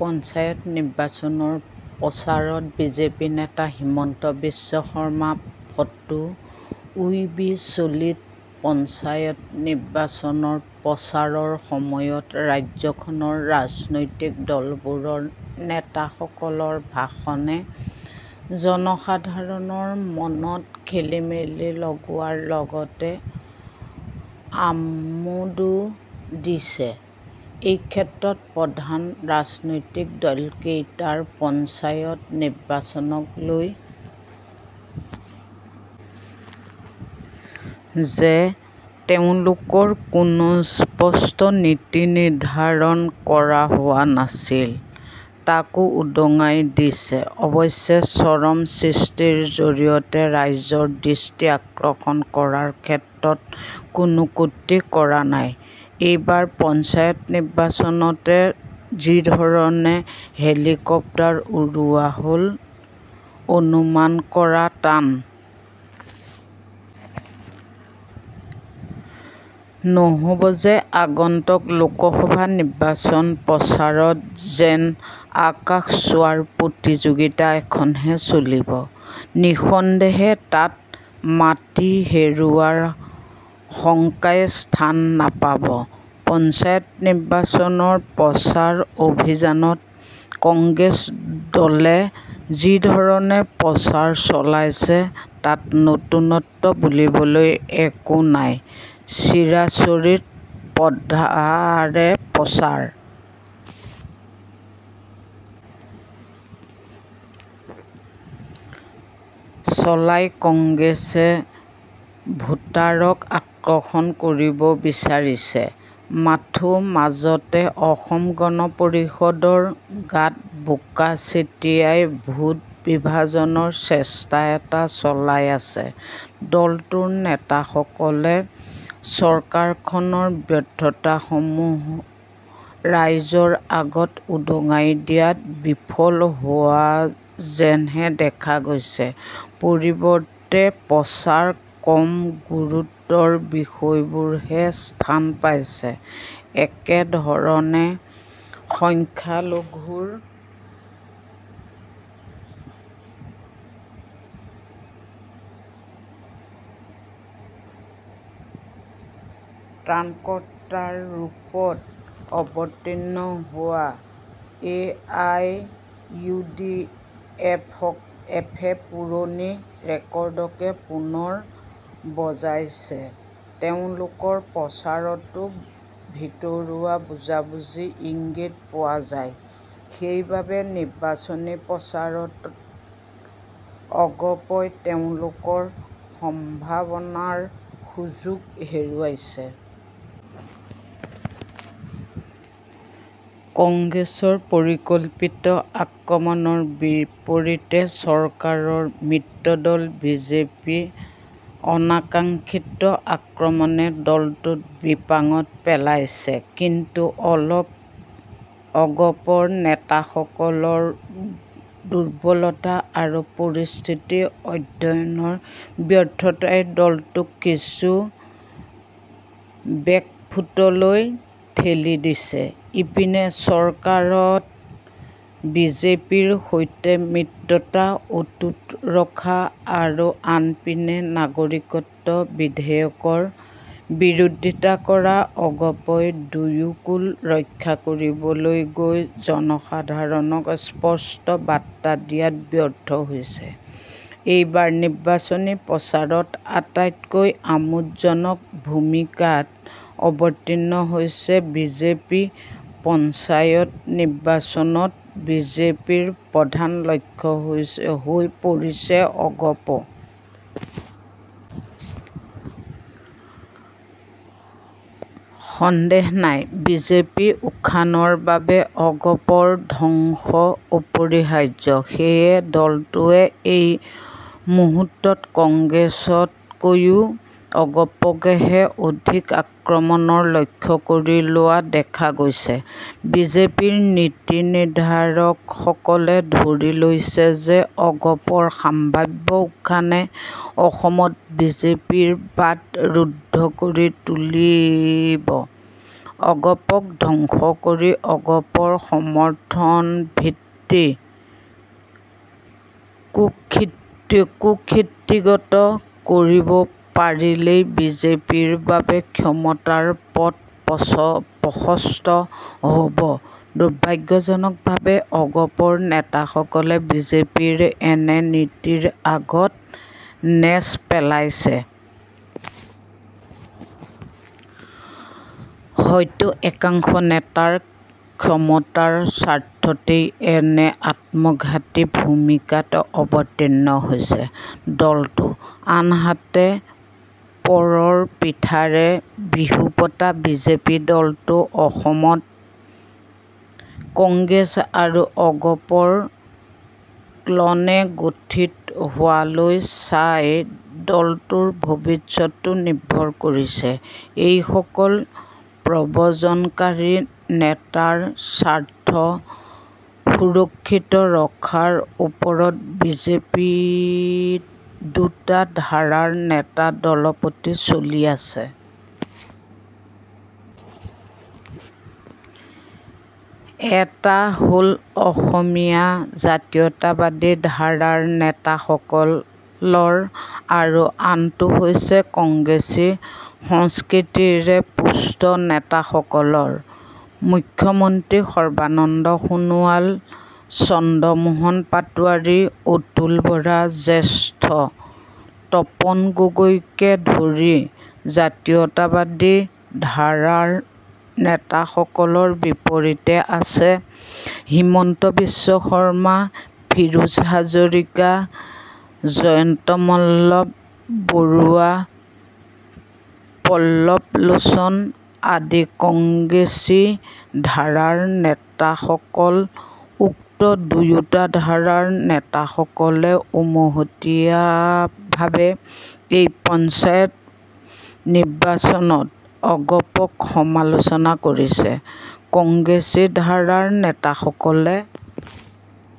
পঞ্চায়ত নিৰ্বাচনৰ প্ৰচাৰত বিজেপি নেতা হিমন্ত বিশ্ব শৰ্মাফটো ইউ বি চলিত পঞ্চায়ত নিৰ্বাচনৰ প্ৰচাৰৰ সময়ত ৰাজ্যখনৰ ৰাজনৈতিক দলবোৰৰ নেতাসকলৰ ভাষণে জনসাধাৰণৰ মনত খেলিমেলি লগোৱাৰ লগতে আমোদো দিছেএইক্ষেত্ৰত প্ৰধান ৰাজনৈতিক দলকেইটাৰ পঞ্চায়ত নিৰ্বাচনক লৈ যে তেওঁলোকৰ কোনো স্পষ্ট নীতি নিৰ্দ্ধাৰণ কৰা হোৱা নাছিল তাকো উদঙাই দিছেঅৱশ্যে চমক সৃষ্টিৰ জৰিয়তে ৰাইজৰ দৃষ্টি আকৰ্ষণ কৰাৰ ক্ষেত্ৰত কোনেও ত্ৰুটি কৰা নাইএইবাৰ পঞ্চায়ত নিৰ্বাচনতে যিধৰণে হেলিকপ্টাৰ উৰুওৱা হল অনুমান কৰা টান নহব যে আগন্তুক লোকসভাৰ নিৰ্বাচনী প্ৰচাৰত যেন আকাশ চুৱাৰ প্ৰতিযোগিতা এখনহে চলিবনিসন্দেহে তাত মাটি হেৰুওৱাৰ শংকাই স্থান নাপাবপঞ্চায়ত নিৰ্বাচনৰ প্ৰচাৰ অভিযানত কংগ্ৰেছ দলে যিধৰণে প্ৰচাৰ চলাইছে তাত নতুনত্ব বুলিবলৈ একো নাইচিৰাচৰিত প্ৰথাৰে প্ৰচাৰ চলাই কংগ্ৰেছে ভোটাৰক আকৰ্ষণ কৰিব বিচাৰিছেমাথোঁ মাজতে অসম গণ পৰিষদৰ গাত বোকা লেটিয়াই ভোট বিভাজনৰ চেষ্টা এটা চলাই আছেদলটোৰ নেতাসকলে চৰকাৰখনৰ ব্যৰ্থতাসমূহ ৰাইজৰ আগত উদঙাই দিয়াত বিফল হোৱা যেনহে দেখা গৈছেপৰিৱৰ্তে প্ৰচাৰত কম গুৰুত্বৰ বিষয়বোৰেহে স্থান পাইছেএকেদৰে সংখ্যালঘুৰ ত্ৰাণকৰ্তাৰ ৰূপত অৱতীৰ্ণ হোৱা এআইয়ুডিএফে পুৰণি ৰেকৰ্ডকে পুনৰ বজাইছেতেওঁলোকৰ প্ৰচাৰতো ভিতৰুৱা বুজাবুজি ইংগিত পোৱা যায়এইবাৰ নিৰ্বাচনী প্ৰচাৰত অগপই তেওঁলোকৰ সম্ভাৱনাৰ সুযোগ হেৰুৱাইছে। কংগ্ৰেছৰ পৰিকল্পিত আক্ৰমণৰ বিপৰীতে চৰকাৰৰ মিত্ৰদল বিজেপিৰ অনাকাংখিত আক্ৰমণে দলটোক বিপাঙত পেলাইছেকিন্তু অগপ নেতাসকলৰ দুৰ্বলতা আৰু পৰিস্থিতি অধ্যয়নৰ ব্যৰ্থতাই দলটোক কিছু বেকফুটলৈ ঠেলি দিছেএপিনে চৰকাৰত বিজেপিৰ সৈতে মিত্ৰতা অটুট ৰখা আৰু আনপিনে নাগৰিকত্ব বিধেয়কৰ বিৰোধিতা কৰা অগপই দুয়োকূল ৰক্ষা কৰিবলৈ গৈ জনসাধাৰণক স্পষ্ট বাৰ্তা দিয়াত ব্যৰ্থ হৈছেএইবাৰ নিৰ্বাচনী প্ৰচাৰত আটাইতকৈ আমোদজনক ভূমিকাত অৱতীৰ্ণ হৈছে বিজেপিপঞ্চায়ত নিৰ্বাচনত বিজেপিৰ প্ৰধান লক্ষ্য হৈ পৰিছে অগপ। সন্দেহ নাই বিজেপিৰ উত্থানৰ বাবে অগপৰ ধ্বংস অপৰিহাৰ্যসেয়ে দলটোৱে এই মুহূৰ্তত কংগ্ৰেছতকৈয়ো অগপকহে অধিক আক্ৰমণৰ লক্ষ্য কৰি লোৱা দেখা গৈছেবিজেপিৰ নীতি নিৰ্দ্ধাৰকসকলে ধৰি লৈছে যে অগপৰ সম্ভাৱ্য উত্থানে অসমত বিজেপিৰ বাট ৰুদ্ধ কৰি তুলিবঅগপক ধ্বংস কৰি অগপৰ সমৰ্থন ভিত্তি কুক্ষিগত কৰিব পাৰিলেই বিজেপিৰ বাবে ক্ষমতাৰ পথ প্ৰশস্ত হবদুৰ্ভাগ্যজনকভাৱে অগপৰ নেতাসকলে বিজেপিৰ এনে নীতিৰ আগত নেজ পেলাইছে। হয়তো একাংশ নেতাৰ ক্ষমতাৰ স্বাৰ্থতে এনে আত্মঘাতী ভূমিকাত অৱতীৰ্ণ হৈছে দলটোআনহাতে পৰৰ পিঠাৰে বিহু পতা বিজেপি দলটো অসমত কংগ্ৰেছ আৰু অগপৰ ক্লনেে গঠিত হোৱালৈ চাই দলটোৰ ভৱিষ্যতো নিৰ্ভৰ কৰিছে সেইসকল প্ৰব্ৰজনকাৰী নেতাৰ স্বাৰ্থ সুৰক্ষিত ৰখাৰ ওপৰতবিজেপিত দুটা ধাৰাৰ নেতাৰ দপদপনি চলি আছে। এটা হল অসমীয়া জাতীয়তাবাদী ধাৰাৰ নেতাসকলৰ আৰু আনটো হৈছে কংগ্ৰেছী সংস্কৃতিৰে পুষ্ট নেতাসকলৰমুখ্য মন্ত্ৰী সৰ্বানন্দ সোণোৱাল চন্দ্ৰ মোহন পাটোৱাৰী অতুল বৰা জ্যেষ্ঠ তপন গগৈকে ধৰি জাতীয়তাবাদী ধাৰাৰ নেতাসকলৰ বিপৰীতে আছে হিমন্ত বিশ্ব শৰ্মা পীযুষ হাজৰিকা জয়ন্ত মল্ল বৰুৱাপল্লৱ লোচন আদি কংগ্ৰেছী ধাৰাৰ নেতাসকলউক্ত দুয়োটা ধাৰাৰ নেতাসকলে উমৈহতীয়াভাৱে এই পঞ্চায়ত নিৰ্বাচনত অগপক সমালোচনা কৰিছে। কংগ্ৰেছী ধাৰাৰ নেতাসকলে